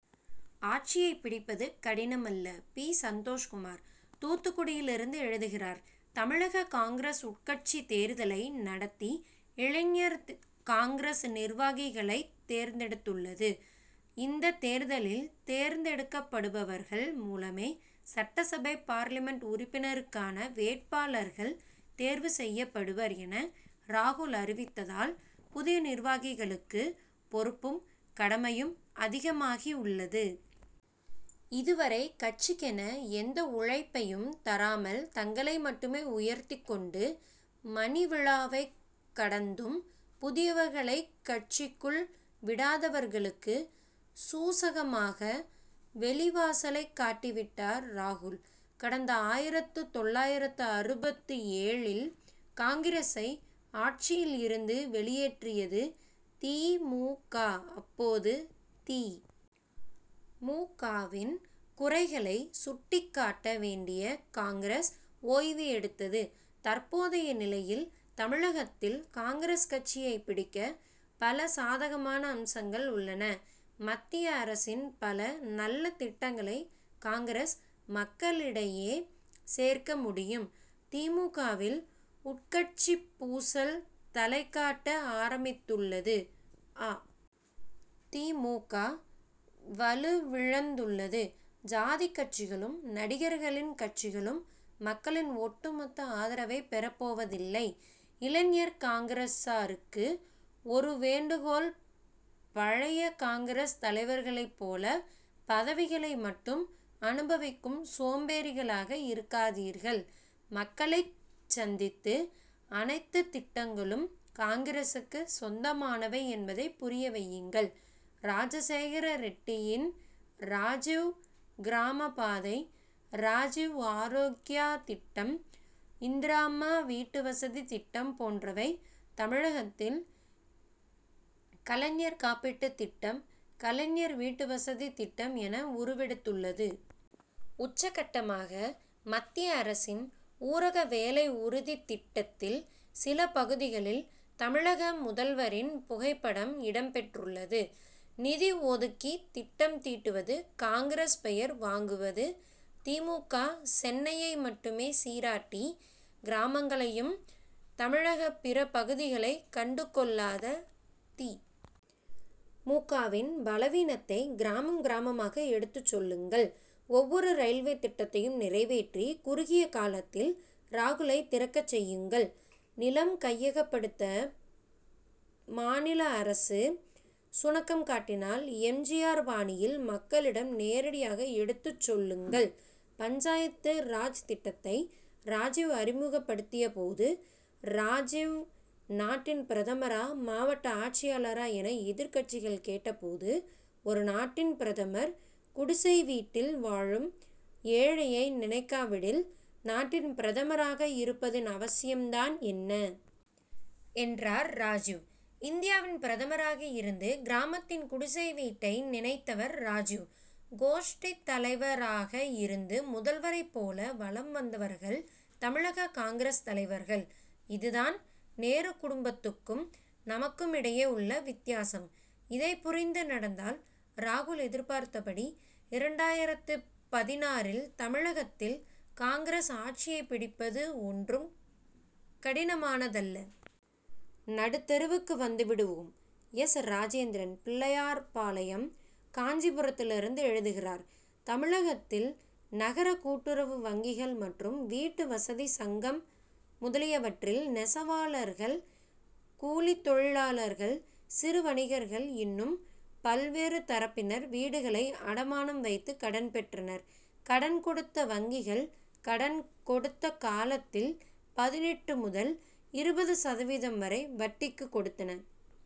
ஆட்சியைப் பிடிப்பது கடினமல்ல! பி. சந்தோஷ்குமார் தூத்துக்குடியிலிருந்து எழுதுகிறார் தமிழக காங்கிரஸ் உட்கட்சித் தேர்தலை நடத்தி இளைஞர் காங்கிரஸ் நிர்வாகிகளைத் தேர்ந்தெடுத்துள்ளது. இந்தத் தேர்தலில் தேர்ந்து எடுக்கப்படுபவர்கள் மூலமே சட்டசபை பார்லிமென்ட் உறுப்பினருக் கான வேட்பாளர்கள் தேர்வு செய்யப்படுவர் என ராகுல் அறிவித்ததால் புதிய நிர்வாகிகளுக்கு பொறுப்பும் கடமையும் அதிகமாகி உள்ளது. இதுவரை கட்சிக்கென எந்த உழைப்பையும் தராமல் தங்களை மட்டுமே உயர்த்திக் கொண்டு மணிவிழாவைக் கடந்தும் புதியவர்களைக் கட்சிக்குள் விடாதவர்களுக்கு சூசகமாக வெளிவாசலைக் காட்டி விட்டார் ராகுல். கடந்த ஆயிரத்து தொள்ளாயிரத்து அறுபத்து ஏழில் காங்கிரசை ஆட்சியில் இருந்து வெளியேற்றியது தி. மு. க. அப்போது தி. மு. க.வின் குறைகளை சுட்டிக்காட்ட வேண்டிய காங்கிரஸ் ஓய்வு எடுத்தது. தற்போதைய நிலையில் தமிழகத்தில் காங்கிரஸ் ஆட்சியைப் பிடிக்க பல சாதகமான அம்சங்கள் உள்ளன. மத்திய அரசின் பல நல்ல திட்டங்களை காங்கிரஸ் மக்களிடையே சேர்க்க முடியும். தி. மு. க.வில் உட்கட்சிப்பூசல் தலைகாட்ட ஆரம்பித்துள்ளது அ. தி. மு. க. வலுவிழந்துள்ளது. ஜாதிக்கட்சிகளும் நடிகர்களின் கட்சிகளும் மக்களின் ஒட்டுமொத்த ஆதரவைப் பெறப்போவதில்லை. இளைஞர் காங்கிரசாருக்கு ஒரு வேண்டுகோள்பழைய காங்கிரஸ் தலைவர்களைப் போல பதவிகளை மட்டும் அனுபவிக்கும் சோம்பேறிகளாக இருக்காதீர்கள். மக்களைச் சந்தித்து அனைத்துத் திட்டங்களும் காங்கிரசுக்கு சொந்தமானவை என்பதை புரிய வையுங்கள். ராஜசேகர ரெட்டியின் ராஜிவ் கிராமபாதை ராஜிவ் ஆரோக்யா திட்டம் இந்திராம்மா வீட்டுவசதி திட்டம் போன்றவை தமிழகத்தில் கலைஞர் காப்பீட்டு திட்டம் கலைஞர் வீட்டு வசதி திட்டம் என உருவெடுத்துள்ளது. உச்சகட்டமாக மத்திய அரசின் ஊரக வேலை உறுதித் திட்டத்தில் சில பகுதிகளில் தமிழக முதல்வரின் புகைப்படம் இடம் பெற்றுள்ளது. நிதி ஒதுக்கி திட்டம் தீட்டுவது காங்கிரஸ் பெயர் வாங்குவது தி. மு. க. சென்னையை மட்டுமே சீராட்டி கிராமங்களையும் தமிழக பிற பகுதிகளை கண்டுகொள்ளாத தி. மு. க.வின் பலவீனத்தை கிராமம் கிராமமாக எடுத்துச் சொல்லுங்கள். ஒவ்வொரு ரயில்வே திட்டத்தையும் நிறைவேற்றி குறுகிய காலத்தில் ராகுலை திறக்கச் செய்யுங்கள். நிலம் கையகப்படுத்த மாநில அரசு சுணக்கம் காட்டினால் எம். ஜி. ஆர். பாணியில் மக்களிடம் நேரடியாக எடுத்துச் சொல்லுங்கள். பஞ்சாயத்து ராஜ் திட்டத்தை ராஜிவ் அறிமுகப்படுத்தியபோது ராஜிவ் நாட்டின் பிரதமரா மாவட்ட ஆட்சியாளரா என எதிர்க்கட்சிகள் கேட்டபோது ஒரு நாட்டின் பிரதமர் குடிசை வீட்டில் வாழும் ஏழையை நினைக்காவிடில் நாட்டின் பிரதமராக இருப்பதன் அவசியம் தான் என்ன! என்றார் ராஜிவ். இந்தியாவின் பிரதமராக இருந்து கிராமத்தின் குடிசை வீட்டை நினைத்தவர் ராஜிவ். கோஷ்டித் தலைவராக இருந்து முதல்வரைப் போல வலம் வந்தவர்கள் தமிழக காங்கிரஸ் தலைவர்கள். இதுதான் நேரு குடும்பத்துக் கும் நமக்குமிடையே உள்ள வித்தியாசம். இதை புரிந்து நடந்தால் ராகுல் எதிர்பார்த்தபடி இரண்டாயிரத்து பதினாறில் தமிழகத்தில் காங்கிரஸ் ஆட்சியை பிடிப்பது ஒன்றும் கடினமானதல்ல. நடுத்தெருவுக்கு வந்துவிடுவோம்! எஸ். ராஜேந்திரன் பிள்ளையார்பாளையம் காஞ்சிபுரத்திலிருந்து எழுதுகிறார் தமிழகத்தில் நகர கூட்டுறவு வங்கிகள் மற்றும் வீட்டு வசதி சங்கம் முதலியவற்றில் நெசவாளர்கள் கூலித் தொழிலாளர்கள் சிறு வணிகர்கள் இன்னும் பல்வேறு தரப்பினர் வீடுகளை அடமானம் வைத்து கடன் பெற்றனர். கடன் கொடுத்த வங்கிகள் கடன் கொடுத்த காலத்தில் பதினெட்டு முதல் இருபது சதவீதம் வரை வட்டிக்கு கொடுத்தன.